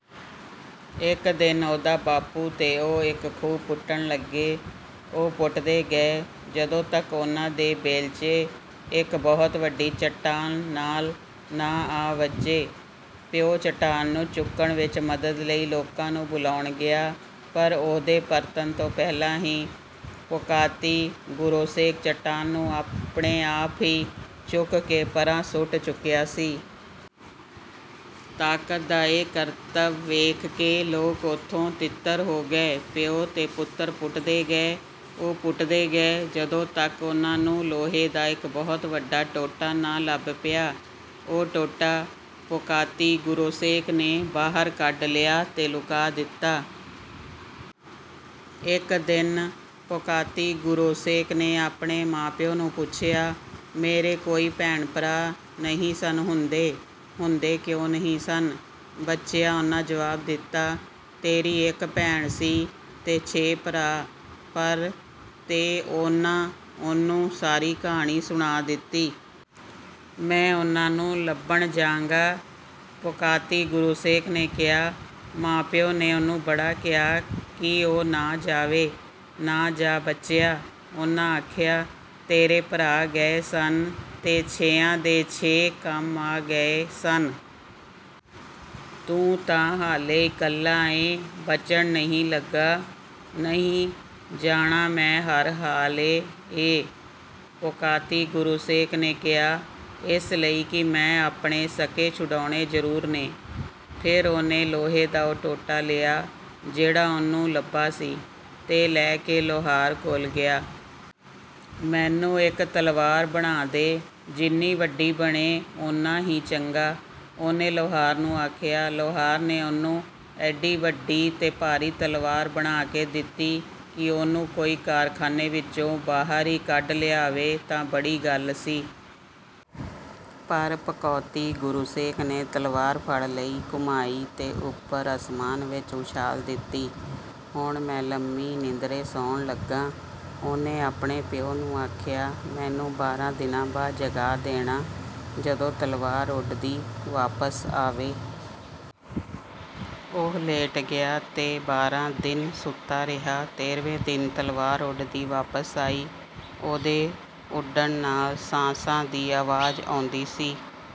ਇੱਕ ਦਿਨ ਉਹਦਾ ਬਾਪੂ ਤੇ ਉਹ ਇੱਕ ਖੂਹ ਪੁੱਟਣ ਲੱਗੇ। ਉਹ ਪੁੱਟਦੇ ਗਏ, ਜਦੋਂ ਤੱਕ ਉਹਨਾਂ ਦੇ ਬੇਲਚੇ ਇੱਕ ਬਹੁਤ ਵੱਡੀ ਚਟਾਨ ਨਾਲ ਨਾ ਆ ਵੱਜੇ। ਪਿਓ ਚਟਾਨ ਨੂੰ ਚੁੱਕਣ ਵਿੱਚ ਮਦਦ ਲਈ ਲੋਕਾਂ ਨੂੰ ਬੁਲਾਣ ਗਿਆ, ਪਰ ਉਹਦੇ ਪਰਤਣ ਤੋਂ ਪਹਿਲਾਂ ਹੀ ਪੋਕਾਤੀ-ਗੋਰੋਸ਼ੇਕ ਚਟਾਨ ਨੂੰ ਆਪਣੇ ਆਪ ਹੀ ਚੁੱਕ ਕੇ ਪਰ੍ਹਾਂ ਸੁੱਟ ਚੁੱਕਿਆ ਸੀ। ਤਾਕਤ ਦਾ ਇਹ ਕਰਤਬ ਵੇਖ ਕੇ ਲੋਕ ਓਥੋਂ ਤਿੱਤਰ ਹੋ ਗਏ। ਪਿਓ ਤੇ ਪੁੱਤਰ ਪੁੱਟਦੇ ਗਏ। ਉਹ ਪੁੱਟਦੇ ਗਏ, ਜਦੋਂ ਤੱਕ ਉਹਨਾਂ ਨੂੰ ਲੋਹੇ ਦਾ ਇੱਕ ਬਹੁਤ ਵੱਡਾ ਟੋਟਾ ਨਾ ਲੱਭ ਪਿਆ। ਉਹ ਟੋਟਾ ਪੋਕਾਤੀ-ਗੋਰੋਸ਼ੇਕ ਨੇ ਬਾਹਰ ਕੱਢ ਲਿਆ ਤੇ ਲੁਕਾ ਦਿੱਤਾ। ਇੱਕ ਦਿਨ ਪੋਕਾਤੀ-ਗੋਰੋਸ਼ੇਕ ਨੇ ਆਪਣੇ ਮਾਂ-ਪਿਉ ਨੂੰ ਪੁੱਛਿਆ, “ਮੇਰੇ ਕੋਈ ਭੈਣ-ਭਰਾ ਨਹੀਂ ਸਨ ਹੁੰਦੇ?” “ਹੁੰਦੇ ਕਿਉਂ ਨਹੀਂ ਸਨ, ਬਚਿਆ,” ਉਹਨਾਂ ਜਵਾਬ ਦਿੱਤਾ। “ਤੇਰੀ ਇੱਕ ਭੈਣ ਸੀ ਤੇ ਛੇ ਭਰਾ, ਪਰ…” ਤੇ ਉਹਨਾਂ ਉਹਨੂੰ ਸਾਰੀ ਕਹਾਣੀ ਸੁਣਾ ਦਿੱਤੀ। “ਮੈਂ ਉਹਨਾਂ ਨੂੰ ਲੱਭਣ ਜਾਂਗਾ,” ਪੋਕਾਤੀ-ਗੋਰੋਸ਼ੇਕ ਨੇ ਕਿਹਾ। ਮਾਂ-ਪਿਉ ਨੇ ਉਹਨੂੰ ਬੜਾ ਕਿਹਾ ਕਿ ਉਹ ਨਾ ਜਾਵੇ। “ਨਾ ਜਾ, ਬਚਿਆ,” ਉਹਨਾਂ ਆਖਿਆ। “ਤੇਰੇ ਭਰਾ ਗਏ ਸਨ ਤੇ ਛੇਆਂ ਦੇ ਛੇਏਂ ਕੰਮ ਆ ਗਏ ਸਨ। ਤੂੰ ਤਾਂ ਹਾਲੇ ਇਕੱਲਾ ਏਂ, ਬਚਣ ਨਹੀਂ ਲੱਗਾ।” “ਨਹੀਂ, ਜਾਣਾ ਮੈਂ ਹਰ ਹਾਲੇ ਏ,” ਪੋਕਾਤੀ-ਗੋਰੋਸ਼ੇਕ ਨੇ ਕਿਹਾ। “ਇਸ ਲਈ ਕਿ ਮੈਂ ਆਪਣੇ ਸਕੇ ਛੁਡਾਣੇ ਜ਼ਰੂਰ ਨੇ।” ਫਿਰ ਉਹਨੇ ਲੋਹੇ ਦਾ ਉਹ ਟੋਟਾ ਲਿਆ, ਜਿਹੜਾ ਉਹਨੂੰ ਲੱਭਾ ਸੀ, ਤੇ ਲੈ ਕੇ ਲੁਹਾਰ ਕੋਲ ਗਿਆ। “ਮੈਨੂੰ ਇੱਕ ਤਲਵਾਰ ਬਣਾ ਦੇ। ਜਿੰਨੀ ਵੱਡੀ ਬਣੇ, ਓਨਾ ਹੀ ਚੰਗਾ!” ਉਹਨੇ ਲੁਹਾਰ ਨੂੰ ਆਖਿਆ। ਲੁਹਾਰ ਨੇ ਉਹਨੂੰ ਐਡੀ ਵੱਡੀ ਤੇ ਭਾਰੀ ਤਲਵਾਰ ਬਣਾ ਕੇ ਦਿੱਤੀ ਕਿ ਉਹਨੂੰ ਕੋਈ ਕਾਰਖਾਨੇ ਵਿੱਚੋਂ ਬਾਹਰ ਹੀ ਕੱਢ ਲਿਆਵੇ, ਤਾਂ ਬੜੀ ਗੱਲ ਸੀ। ਪਰ ਪੋਕਾਤੀ-ਗੋਰੋਸ਼ੇਕ ਨੇ ਤਲਵਾਰ ਫੜ ਲਈ, ਘੁਮਾਈ ਤੇ ਉੱਪਰ ਅਸਮਾਨ ਵਿੱਚ ਉਛਾਲ ਦਿੱਤੀ। “ਹੁਣ ਮੈਂ ਲੰਮੀ ਨੀਂਦਰੇ ਸੌਣ ਲੱਗਾਂ,” ਉਹਨੇ ਆਪਣੇ ਪਿਉ ਨੂੰ ਆਖਿਆ। “ਮੈਨੂੰ ਬਾਰਾਂ ਦਿਨਾਂ ਬਾਅਦ ਜਗਾ ਦੇਣਾ, ਜਦੋਂ ਤਲਵਾਰ ਉੱਡਦੀ ਵਾਪਸ ਆਵੇ।” ਉਹ ਲੇਟ ਗਿਆ ਤੇ ਬਾਰਾਂ ਦਿਨ ਸੁੱਤਾ ਰਿਹਾ। ਤੇਰ੍ਹਵੇਂ ਦਿਨ ਤਲਵਾਰ ਉੱਡਦੀ ਵਾਪਸ ਆਈ। ਉਹਦੇ ਉੱਡਣ ਨਾਲ ਸਾਂ-ਸਾਂ ਦੀ ਆਵਾਜ਼ ਆਉਂਦੀ ਸੀ।